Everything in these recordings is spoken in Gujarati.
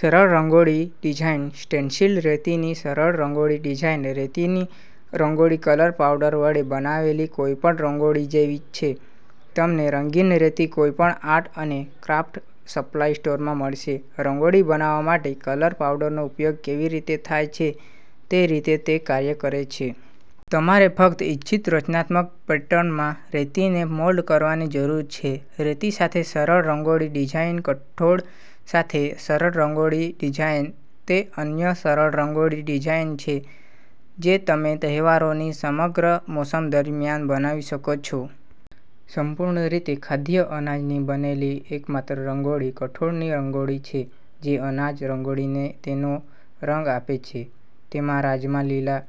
સરળ રંગોળી ડિઝાઇનસ્ટેન્સિલરેતીની સરળ રંગોળી ડિઝાઇન રેતીની રંગોળી કલર પાવડર વડે બનાવેલી કોઈપણ રંગોળી જેવીછે. તમનેરંગીન રેતી કોઈપણ આર્ટ અને ક્રાફ્ટ સપ્લાય સ્ટોરમાં મળશે. રંગોળી બનાવવા માટે કલર પાવડરનો ઉપયોગ કેવી રીતે થાય છે તેરીતે તે કાર્ય કરે છે. તમારે ફક્ત ઇચ્છિત રચનાત્મક પેટર્નમાં રેતીને મોલ્ડ કરવાની જરૂર છે. રેતી સાથે સરળ રંગોળી ડિઝાઇનકઠોળ સાથે સરળ રંગોળી ડિઝાઇન તે અન્ય સરળ રંગોળી ડિઝાઇન છે જે તમે તહેવારોની સમગ્ર મોસમ દરમિયાન બનાવી શકો છો. સંપૂર્ણ રીતે ખાદ્ય અનાજની બનેલી એકમાત્ર રંગોળી કઠોળની રંગોળી છે. જે અનાજ રંગોળીને તેનો રંગ આપે છે તેમાં રાજમા, લીલા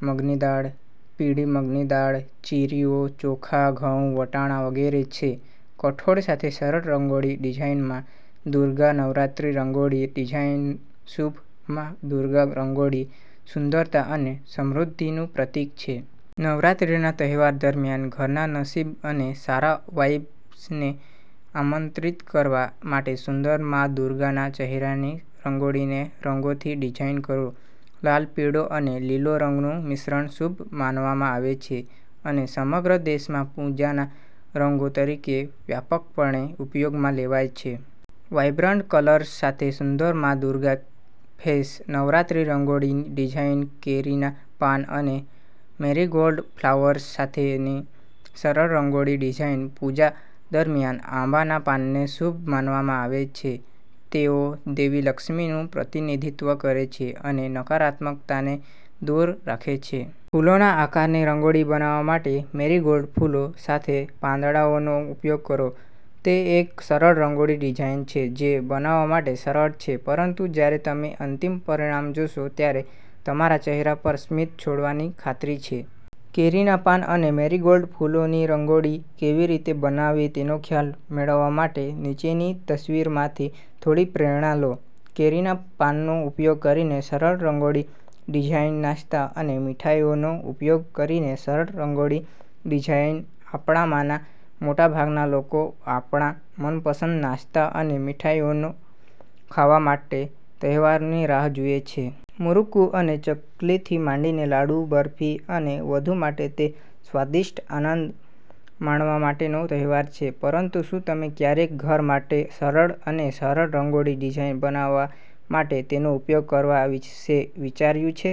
મગની દાળ, પીળી મગની દાળ, ચીરીઓ, ચોખા, ઘઉં, વટાણા વગેરે છે. કઠોળ સાથે સરળ રંગોળી ડિઝાઇનમા દુર્ગા નવરાત્રી રંગોળી ડિઝાઇનશુભ મા દુર્ગા રંગોળી સુંદરતા અને સમૃદ્ધિનું પ્રતિક છે. નવરાત્રીના તહેવાર દરમિયાન ઘરના નસીબ અને સારા વાઇબ્સને આમંત્રિત કરવા માટેસુંદર મા દુર્ગાના ચહેરાની રંગોળીને રંગોથી ડિઝાઇન કરો. લાલ, પીળો અને લીલો રંગનું મિશ્રણ શુભ માનવામાં આવે છે અને સમગ્ર દેશમાં પૂજાના રંગો તરીકે વ્યાપકપણે ઉપયોગમાં લેવાય છે. વાઇબ્રન્ટ કલર્સ સાથે સુંદર મા દુર્ગા ફેસ નવરાત્રી રંગોળી ડિઝાઇનકેરીના પાન અને મેરીગોલ્ડ ફ્લાવર્સ સાથેની સરળ રંગોળી ડિઝાઇન પૂજા દરમિયાન આંબાના પાનને શુભ માનવામાં આવે છે. તેઓ દેવી લક્ષ્મીનું પ્રતિનિધિત્વ કરે છે અને નકારાત્મકતાને દૂર રાખે છે. ફૂલોના આકારની રંગોળી બનાવવા માટે મેરીગોલ્ડ ફૂલો સાથેપાંદડાઓનો ઉપયોગ કરો. તે એક સરળ રંગોળી ડિઝાઇન છે જે બનાવવા માટે સરળ છે પરંતુ જ્યારે તમે અંતિમ પરિણામ જોશો ત્યારે તમારા ચહેરા પર સ્મિત છોડવાની ખાતરી છે. કેરીના પાન અને મેરીગોલ્ડ ફૂલોની રંગોળી કેવી રીતે બનાવવી તેનો ખ્યાલ મેળવવા માટે નીચેની તસવીરમાંથી થોડી પ્રેરણા લો. કેરીના પાનનો ઉપયોગ કરીને સરળ રંગોળી ડિઝાઇનનાસ્તા અને મીઠાઈઓનો ઉપયોગ કરીને સરળ રંગોળી ડિઝાઇન આપણામાંના મોટા ભાગના લોકો આપણા મનપસંદ નાસ્તા અને મીઠાઈઓ ખાવા માટે તહેવારોની રાહ જુએ છે. મુરુક્કુ અને ચકલીથી માંડીને લાડુ, બરફી અને વધુ માટે, તે સ્વાદિષ્ટ આનંદ માણવા માટેનો તહેવાર છે. પરંતુ શું તમે ક્યારેય ઘર માટે સરળ અને સરળ રંગોળી ડિઝાઇન બનાવવા માટે તેનો ઉપયોગ કરવા વિશે વિચાર્યું છે?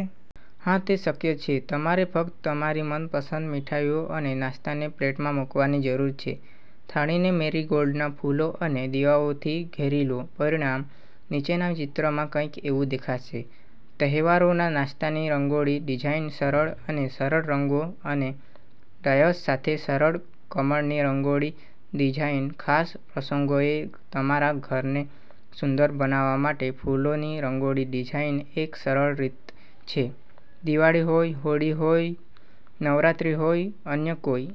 હા, તે શક્ય છે. તમારે ફક્ત તમારી મનપસંદ મીઠાઈઓ અને નાસ્તાને પ્લેટમાં મૂકવાની જરૂર છે. થાળીને મેરીગોલ્ડના ફૂલો અને દીવાઓથી ઘેરી લો. પરિણામ નીચેના ચિત્રમાં કંઈક એવું દેખાશે. તહેવારોના નાસ્તાની રંગોળી ડિઝાઇનસરળ અને સરળરંગો અને ડાયસ સાથે સરળ કમળની રંગોળી ડિઝાઇન ખાસ પ્રસંગોએ તમારા ઘરને સુંદર બનાવવા માટે ફૂલોની રંગોળી ડિઝાઇનએક સરળ રીત છે. દિવાળી હોય, હોળી હોય, નવરાત્રી હોય, અન્ય કોઈ